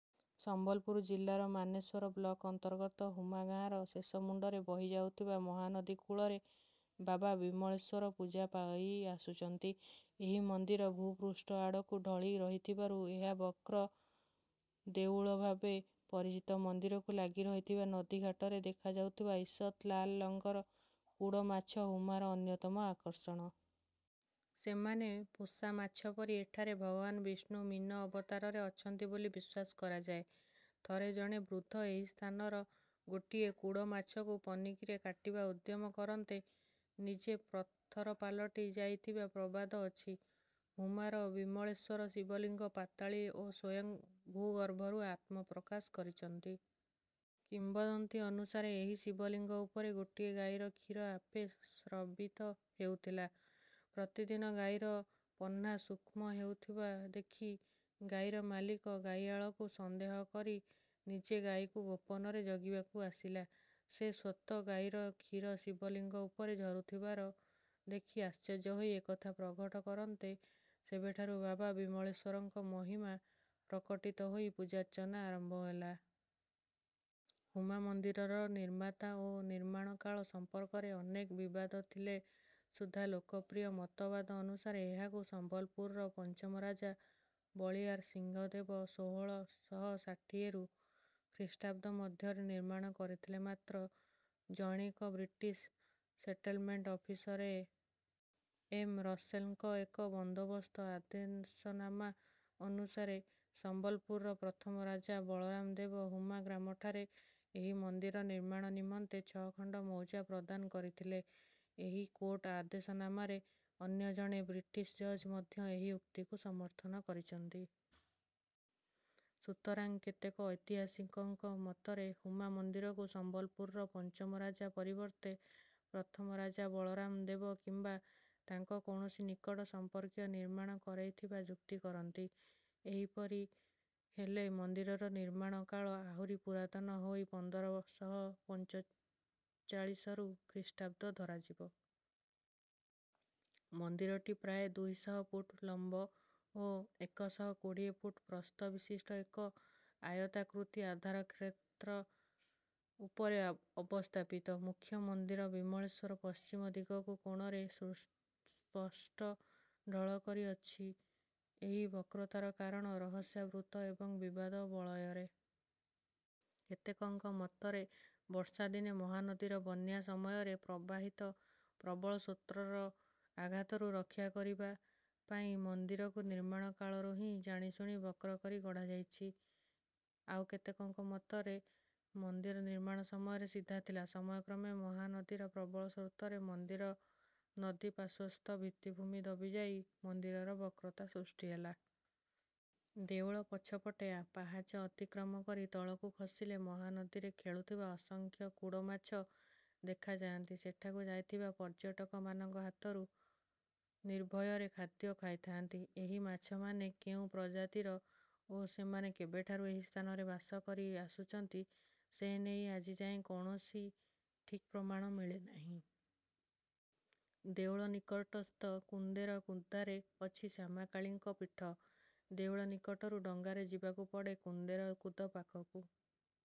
ସମ୍ବଲପୁର ଜିଲ୍ଲାର ମାନେଶ୍ୱର ବ୍ଲକ ଅନ୍ତର୍ଗତ ହୁମା ଗାଁର ଶେଷମୁଣ୍ଡରେ ବହିଯାଉଥିବା ମହାନଦୀ କୂଳରେ ବାବା ବିମଳେଶ୍ୱର ପୂଜା ପାଇ ଆସୁଛନ୍ତି। ଏହି ମନ୍ଦିର ଭୂପୃଷ୍ଠ ଆଡ଼କୁ ଢଳି ରହିଥିବାରୁ ଏହା ବକ୍ର ଦେଉଳ ଭାବେ ପରିଚିତ। ମନ୍ଦିରକୁ ଲାଗିରହିଥିବା ନଦୀଘାଟରେ ଦେଖାଯାଉଥିବା ଈଷତ୍ ଲାଲ ରଙ୍ଗର କୁଡ଼ୋ ମାଛ ହୁମାର ଅନ୍ୟତମ ଆକର୍ଷଣ। ସେମାନେ ପୋଷା ମାଛ ପରି। ଏଠାରେ ଭଗବାନ ବିଷ୍ଣୁ ମୀନ ଅବତାରରେ ଅଛନ୍ତି ବୋଲି ବିଶ୍ୱାସ କରାଯାଏ। ଥରେ ଜଣେ ବୃଦ୍ଧ ଏହି ସ୍ଥାନର ଗୋଟିଏ କୁଡ଼ୋ ମାଛକୁ ପନିକିରେ କାଟିବା ଉଦ୍ୟମ କରନ୍ତେ ନିଜେ ପଥର ପାଲଟି ଯାଇଥିବା ପ୍ରବାଦ ଅଛି। ହୁମାର ବିମଳେଶ୍ୱର ଶିବଲିଙ୍ଗ ପାତାଳୀ ଓ ସ୍ୱୟଂ ଭୂଗର୍ଭରୁ ଆତ୍ମପ୍ରକାଶ କରିଛନ୍ତି। କିମ୍ବଦନ୍ତୀ ଅନୁସାରେ ଏହି ଶିବଲିଙ୍ଗ ଉପରେ ଗୋଟିଏ ଗାଈର କ୍ଷୀର ଆପେ ସ୍ରବିତ ହେଉଥିଲା। ପ୍ରତିଦିନ ଗାଈର ପହ୍ନା ଶୁଷ୍କ ହେଉଥିବା ଦେଖି ଗାଈର ମାଲିକ ଗାଈଆଳକୁ ସନ୍ଦେହ କରି ନିଜେ ଗାଈକୁ ଗୋପନରେ ଜଗିବାକୁ ଆସିଲା। ସେ ସ୍ୱତଃ ଗାଈର କ୍ଷୀର ଶିବଲିଙ୍ଗ ଉପରେ ଝରୁଥିବାର ଦେଖି ଆଶ୍ଚର୍ଯ୍ୟ ହୋଇ ଏକଥା ପ୍ରଘଟ କରନ୍ତେ ସେବେଠାରୁ ବାବା ବିମଳେଶ୍ୱରଙ୍କ ମହିମା ପ୍ରକଟିତ ହୋଇ ପୂଜାର୍ଚ୍ଚନା ଆରମ୍ଭ ହେଲା। ହୁମା ମନ୍ଦିରର ନିର୍ମାତା ଓ ନିର୍ମାଣ କାଳ ସମ୍ପର୍କରେ ଅନେକ ବିବାଦ ଥିଲେ ସୁଦ୍ଧା ଲୋକପ୍ରିୟ ମତବାଦ ଅନୁସାରେ ଏହାକୁ ସମ୍ବଲପୁରର ପଞ୍ଚମ ରାଜା ବଳିୟାର ସିଂହଦେବ ଷୋହଳ ଶହ ଷାଠିଏରୁ ଖ୍ରୀଷ୍ଟାବ୍ଦ ମଧ୍ୟରେ ନିର୍ମାଣ କରିଥିଲେ। ମାତ୍ର ଜଣୈକ British settlement officer A. M. ରସେଲ୍‌ଙ୍କ ଏକ ବନ୍ଦୋବସ୍ତ ଆଦେଶନାମା ଅନୁସାରେ ସମ୍ବଲପୁରର ପ୍ରଥମ ରାଜା ବଳରାମ ଦେବ ହୁମା ଗ୍ରାମଠାରେ ଏହି ମନ୍ଦିର ନିର୍ମାଣ ନିମନ୍ତେ ଛଅ ଖଣ୍ଡ ମୌଜା ପ୍ରଦାନ କରିଥିଲେ। ଏକ କୋର୍ଟ ଆଦେଶନାମାରେ ଅନ୍ୟ ଜଣେ ବ୍ରିଟିଶ ଜଜ୍ ମଧ୍ୟ ଏହି ଉକ୍ତିକୁ ସମର୍ଥନ କରିଛନ୍ତି। ସୁତରାଂ କେତେକ ଐତିହାସିକଙ୍କ ମତରେ ହୁମା ମନ୍ଦିରକୁ ସମ୍ବଲପୁରର ପଞ୍ଚମ ରାଜା ପରିବର୍ତ୍ତେ ପ୍ରଥମ ରାଜା ବଳରାମ ଦେବ କିମ୍ବା ତାଙ୍କ କୌଣସି ନିକଟ ସମ୍ପର୍କୀୟ ନିର୍ମାଣ କରେଇଥିବା ଯୁକ୍ତି କରନ୍ତି। ଏପରି ହେଲେ ମନ୍ଦିରର ନିର୍ମାଣ କାଳ ଆହୁରି ପୁରାତନ ହୋଇ ପନ୍ଦର ଶହ ପଞ୍ଚଚାଳିଶରୁ ଖ୍ରୀଷ୍ଟାବ୍ଦ ଧରାଯିବ। ମନ୍ଦିରଟି ପ୍ରାୟ ଦୁଇ ଶହ ଫୁଟ ଲମ୍ବ ଓ ଏକ ଶହ କୋଡ଼ିଏ ଫୁଟ ପ୍ରସ୍ଥ ବିଶିଷ୍ଟ ଏକ ଆୟତାକୃତି ଆଧାରକ୍ଷେତ୍ର ଉପରେ ଅବସ୍ଥାପିତ। ମୁଖ୍ୟ ମନ୍ଦିର ବିମଳେଶ୍ୱର ପଶ୍ଚିମ ଦିଗକୁ କୋଣରେ ସ୍ପଷ୍ଟ ଢଳିକରି ଅଛି। ଏହି ବକ୍ରତାର କାରଣ ରହସ୍ୟାବୃତ୍ତ ଏବଂ ବିବାଦ ବଳୟରେ। କେତେକଙ୍କ ମତରେ ବର୍ଷାଦିନେ ମହାନଦୀର ବନ୍ୟା ସମୟରେ ପ୍ରବାହିତ ପ୍ରବଳ ସ୍ରୋତର ଆଘାତରୁ ରକ୍ଷା କରିବା ପାଇଁ ମନ୍ଦିରକୁ ନିର୍ମାଣ କାଳରୁ ହିଁ ଜାଣିଶୁଣି ବକ୍ର କରି ଗଢ଼ାଯାଇଛି। ଆଉ କେତେକଙ୍କ ମତରେ ମନ୍ଦିର ନିର୍ମାଣ ସମୟରେ ସିଧା ଥିଲା। ସମୟକ୍ରମେ ମହାନଦୀର ପ୍ରବଳ ସ୍ରୋତରେ ମନ୍ଦିର ନଦୀପାର୍ଶ୍ୱସ୍ଥ ଭିତ୍ତିଭୂମି ଦବିଯାଇ ମନ୍ଦିରର ବକ୍ରତା ସୃଷ୍ଟି ହେଲା। ଦେଉଳ ପଛପଟେ ପାହାଚ ଅତିକ୍ରମ କରି ତଳକୁ ଖସିଲେ ମହାନଦୀରେ ଖେଳୁଥିବା ଅସଂଖ୍ୟ କୁଡ଼ୋ ମାଛ ଦେଖାଯାଆନ୍ତି। ସେଠାକୁ ଯାଇଥିବା ପର୍ଯ୍ୟଟକମାନଙ୍କ ହାତରୁ ନିର୍ଭୟରେ ଖାଦ୍ୟ ଖାଇଥାନ୍ତି। ଏହି ମାଛମାନେ କେଉଁ ପ୍ରଜାତିର ଓ ସେମାନେ କେବେଠାରୁ ଏହି ସ୍ଥାନରେ ବାସ କରି ଆସୁଛନ୍ତି ସେ ନେଇ ଆଜିଯାଏଁ କୌଣସି ଠିକ୍ ପ୍ରମାଣ ମିଳିନାହିଁ। ଦେଉଳ ନିକଟସ୍ଥ କୁନ୍ଦେର କୁଦାରେ ଅଛି ଶ୍ୟାମାକାଳୀଙ୍କ ପୀଠ। ଦେଉଳ ନିକଟରୁ ଡଙ୍ଗାରେ ଯିବାକୁ ପଡ଼େ କୁନ୍ଦେର କୁଦ ପାଖକୁ।